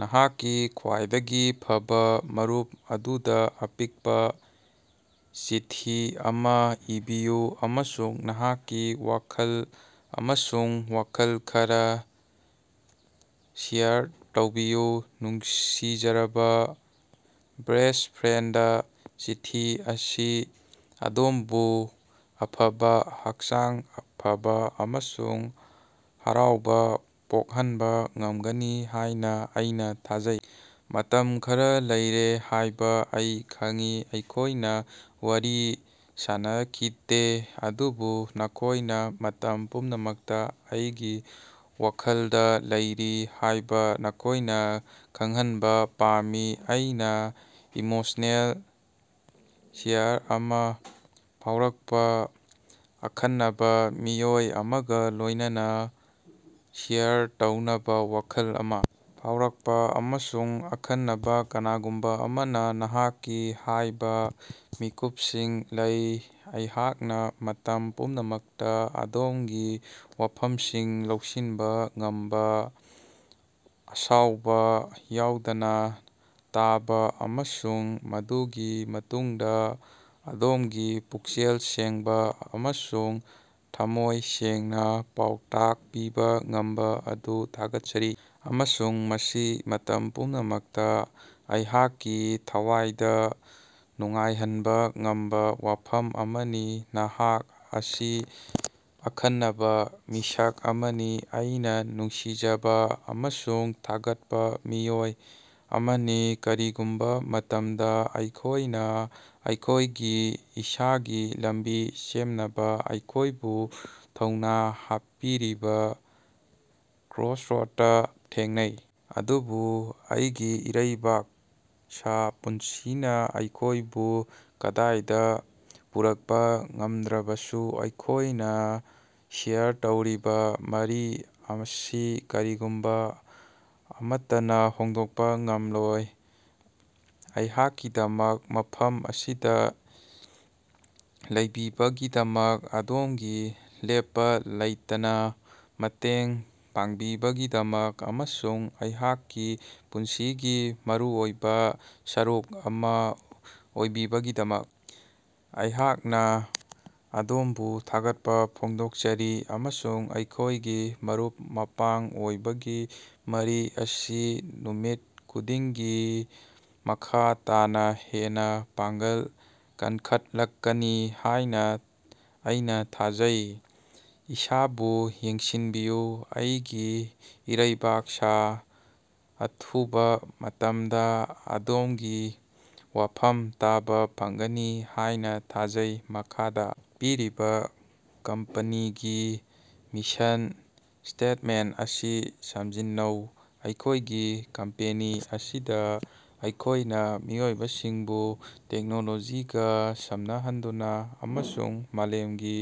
ꯅꯍꯥꯛꯀꯤ ꯈ꯭ꯋꯥꯏꯗꯒꯤ ꯐꯕꯥ ꯃꯔꯨꯞ ꯑꯗꯨꯗ ꯑꯄꯤꯛꯄ ꯆꯤꯊꯤ ꯑꯃ ꯏꯕꯤꯌꯨ ꯑꯃꯁꯨꯡ ꯅꯍꯥꯛꯀꯤ ꯋꯥꯈꯜ ꯑꯃꯁꯨꯡ ꯋꯥꯈꯜ ꯈꯔꯥ ꯁꯦꯌꯔ ꯇꯧꯕꯤꯌꯨ꯫ ꯅꯨꯡꯁꯤꯖꯔꯕꯥ ꯕꯦꯁ꯭ꯠ ꯐ꯭ꯔꯦꯟꯗ, ꯆꯤꯊꯤ ꯑꯁꯤꯅ ꯑꯗꯣꯝꯕꯨ ꯑꯐꯕ ꯍꯛꯆꯥꯡ ꯐꯕꯥ ꯑꯃꯁꯨꯡ ꯍꯔꯥꯎꯕ ꯄꯣꯛꯍꯟꯕ ꯉꯝꯒꯅꯤ ꯍꯥꯏꯅ ꯑꯩꯅ ꯊꯥꯖꯩ꯫ ꯃꯇꯝ ꯈꯔꯥ ꯂꯩꯔꯦ ꯍꯥꯏꯕ ꯑꯩ ꯈꯪꯏ, ꯑꯩꯈꯣꯏꯅ ꯋꯥꯔꯤ ꯁꯥꯅꯈꯤꯗꯦ, ꯑꯗꯨꯕꯨ ꯅꯈꯣꯏꯅ ꯃꯇꯝ ꯄꯨꯝꯅꯃꯛꯇ ꯑꯩꯒꯤ ꯋꯥꯈꯜꯗ ꯂꯩꯔꯤ ꯍꯥꯏꯕ ꯅꯈꯣꯏꯅ ꯈꯉꯪꯍꯟꯕ ꯄꯥꯝꯃꯤ꯫ ꯑꯩꯅ ꯏꯃꯣꯁꯅꯦꯜ ꯁꯔꯖ ꯑꯃ ꯐꯥꯎꯔꯛꯄ, ꯑꯈꯟꯅꯕ ꯃꯤꯑꯣꯏ ꯑꯃꯒ ꯂꯣꯏꯅꯅꯥ ꯁꯦꯌꯔ ꯇꯧꯅꯕꯥ ꯋꯥꯈꯜ ꯑꯃ ꯐꯥꯎꯔꯛꯄ, ꯑꯃꯁꯨꯡ ꯑꯈꯟꯅꯕ ꯀꯅꯥꯒꯨꯝꯕ ꯑꯃꯅ ꯅꯍꯥꯛꯅꯤ ꯍꯥꯏꯕ ꯃꯤꯀꯨꯞꯁꯤꯡ ꯂꯩ꯫ ꯑꯩꯍꯥꯛꯅ ꯃꯇꯝ ꯄꯨꯝꯅꯃꯛꯇ ꯑꯗꯣꯝꯒꯤ ꯋꯥꯐꯝꯁꯤꯡ ꯂꯧꯁꯤꯟꯕ ꯉꯝꯕ, ꯑꯁꯥꯎꯕ ꯌꯥꯎꯗꯅ ꯇꯥꯕ ꯑꯃꯁꯨꯡ ꯃꯗꯨꯒꯤ ꯃꯇꯨꯡꯗ ꯑꯗꯣꯝꯒꯤ ꯄꯨꯛꯆꯦꯜ ꯁꯦꯡꯕ ꯑꯃꯁꯨꯡ ꯊꯝꯃꯣꯏ ꯁꯦꯡꯅ ꯄꯥꯎꯇꯥꯛ ꯄꯤꯕ ꯉꯝꯕ ꯑꯗꯨ ꯊꯥꯒꯠꯆꯔꯤ, ꯑꯃꯁꯨꯡ ꯃꯁꯤ ꯃꯇꯝ ꯄꯨꯝꯅꯃꯛꯇ ꯑꯩꯍꯥꯛꯀꯤ ꯊꯋꯥꯏꯗ ꯅꯨꯡꯉꯥꯏꯍꯟꯕ ꯉꯝꯕ ꯋꯥꯐꯝ ꯑꯃꯅꯤ꯫ ꯅꯍꯥꯛ ꯑꯁꯤ ꯑꯈꯟꯅꯕ ꯃꯤꯁꯛ ꯑꯃꯅꯤ, ꯑꯩꯅ ꯅꯨꯡꯁꯤꯖꯕ ꯑꯃꯁꯨꯡ ꯊꯥꯒꯠꯄ ꯃꯤꯑꯣꯏ ꯑꯃꯅꯤ꯫ ꯀꯔꯤꯒꯨꯝꯕ ꯃꯇꯝꯗ, ꯑꯩꯈꯣꯏꯅ ꯑꯩꯈꯣꯏꯒꯤ ꯏꯁꯥꯒꯤ ꯂꯝꯕꯤ ꯁꯦꯝꯅꯕ ꯑꯩꯈꯣꯏꯕꯨ ꯊꯧꯅ ꯍꯥꯞꯄꯤꯔꯤꯕ ꯀ꯭ꯔꯣꯁꯔꯣꯗꯇꯥ ꯊꯦꯡꯅꯩ, ꯑꯗꯨꯕꯨ ꯑꯩꯒꯤ ꯏꯔꯩꯕꯥꯛꯁꯥ, ꯄꯨꯟꯁꯤꯅ ꯑꯩꯈꯣꯏꯕꯨ ꯀꯗꯥꯏꯗ ꯄꯨꯔꯛꯄ ꯉꯝꯗ꯭ꯔꯕꯁꯨ, ꯑꯩꯈꯣꯏꯅ ꯁꯦꯌꯔ ꯇꯧꯔꯤꯕ ꯃꯔꯤ ꯑꯁꯤ ꯀꯔꯤꯒꯨꯝꯕ ꯑꯃꯠꯇꯅꯥ ꯍꯣꯡꯗꯣꯛꯄ ꯉꯝꯂꯣꯏ꯫ ꯑꯩꯍꯥꯛꯀꯤꯗꯃꯛ ꯃꯐꯝ ꯑꯁꯤꯗ ꯂꯩꯕꯤꯕꯒꯤꯗꯃꯛ, ꯑꯗꯣꯝꯒꯤ ꯂꯦꯞꯄ ꯂꯩꯇꯅꯥ ꯃꯇꯦꯡ ꯄꯥꯡꯕꯤꯕꯒꯤꯗꯃꯛ, ꯑꯃꯁꯨꯡ ꯑꯩꯍꯥꯛꯀꯤ ꯄꯨꯟꯁꯤꯒꯤ ꯃꯔꯨꯑꯣꯏꯕ ꯁꯔꯨꯛ ꯑꯃ ꯑꯣꯏꯕꯤꯕꯒꯤꯗꯃꯛ ꯑꯩꯍꯥꯛꯅ ꯑꯗꯣꯝꯕꯨ ꯊꯥꯒꯠꯄ ꯐꯣꯡꯗꯣꯛꯆꯔꯤ꯫ ꯑꯃꯁꯨꯡ ꯑꯩꯈꯣꯏꯒꯤ ꯃꯔꯨꯞ-ꯃꯄꯥꯡ ꯑꯣꯏꯕꯒꯤ ꯃꯔꯤ ꯑꯁꯤ ꯅꯨꯃꯤꯠ ꯈꯨꯗꯤꯡꯒꯤ ꯃꯈꯥ ꯇꯥꯅ ꯍꯦꯟꯅ ꯃꯄꯥꯡꯒꯜ ꯀꯟꯈꯠꯂꯛꯀꯅꯤ ꯍꯥꯏꯅ ꯑꯩꯅ ꯊꯥꯖꯩ꯫ ꯏꯁꯥꯕꯨ ꯌꯦꯡꯁꯤꯟꯕꯤꯌꯨ ꯑꯩꯒꯤ ꯏꯔꯩꯕꯥꯛꯁꯥ꯫ ꯑꯊꯨꯕ ꯃꯇꯝꯗ ꯑꯗꯣꯝꯒꯤ ꯋꯥꯐꯝ ꯇꯥꯕ ꯐꯪꯒꯅꯤ ꯍꯥꯏꯅ ꯊꯥꯖꯩ꯫ ꯃꯈꯥꯗ ꯄꯤꯔꯤꯕ ꯀꯝꯄꯅꯤꯒꯤ ꯃꯤꯁꯟ ꯁ꯭ꯇꯦꯠꯃꯦꯟꯇ ꯑꯁꯤ ꯁꯝꯖꯤꯟꯅꯧ꯫ ꯑꯩꯈꯣꯏꯒꯤ ꯀꯝꯄꯦꯅꯤ ꯑꯁꯤꯗ ꯑꯩꯈꯣꯏꯅ ꯃꯤꯑꯣꯏꯁꯤꯡꯕꯨ ꯇꯦꯛꯅꯣꯂꯣꯖꯤꯒ ꯁꯝꯅꯍꯟꯗꯨꯅ ꯑꯃꯁꯨꯡ ꯃꯥꯂꯦꯝꯒꯤ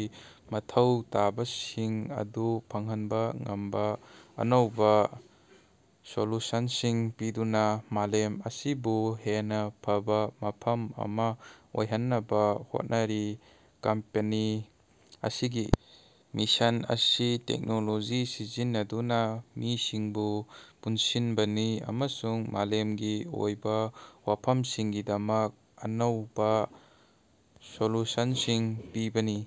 ꯃꯊꯧ ꯇꯥꯕꯁꯤꯡ ꯑꯗꯨ ꯐꯪꯍꯟꯕ ꯉꯝꯕ ꯑꯅꯧꯕ ꯁꯣꯂꯨꯁꯟꯁꯤꯡ ꯄꯤꯗꯨꯅ ꯃꯥꯂꯦꯝ ꯑꯁꯤꯕꯨ ꯍꯦꯟꯅ ꯐꯕꯥ ꯃꯐꯝ ꯑꯃ ꯑꯣꯏꯍꯟꯅꯕ ꯍꯣꯠꯅꯔꯤ꯫ ꯀꯝꯄꯦꯅꯤ ꯑꯁꯤꯒꯤ ꯃꯤꯁꯟ ꯑꯁꯤ ꯇꯦꯛꯅꯣꯂꯣꯖꯤ ꯁꯤꯖꯤꯟꯅꯗꯨꯅ ꯃꯤꯁꯤꯡꯕꯨ ꯄꯨꯟꯁꯤꯟꯕꯅꯤ, ꯑꯃꯁꯨꯡ ꯃꯥꯂꯦꯝꯒꯤ ꯑꯣꯏꯕ ꯋꯥꯐꯝꯁꯤꯡꯒꯤꯗꯃꯛ ꯑꯅꯧꯕ ꯁꯣꯂꯨꯁꯟꯁꯤꯡ ꯄꯤꯕꯅꯤ꯫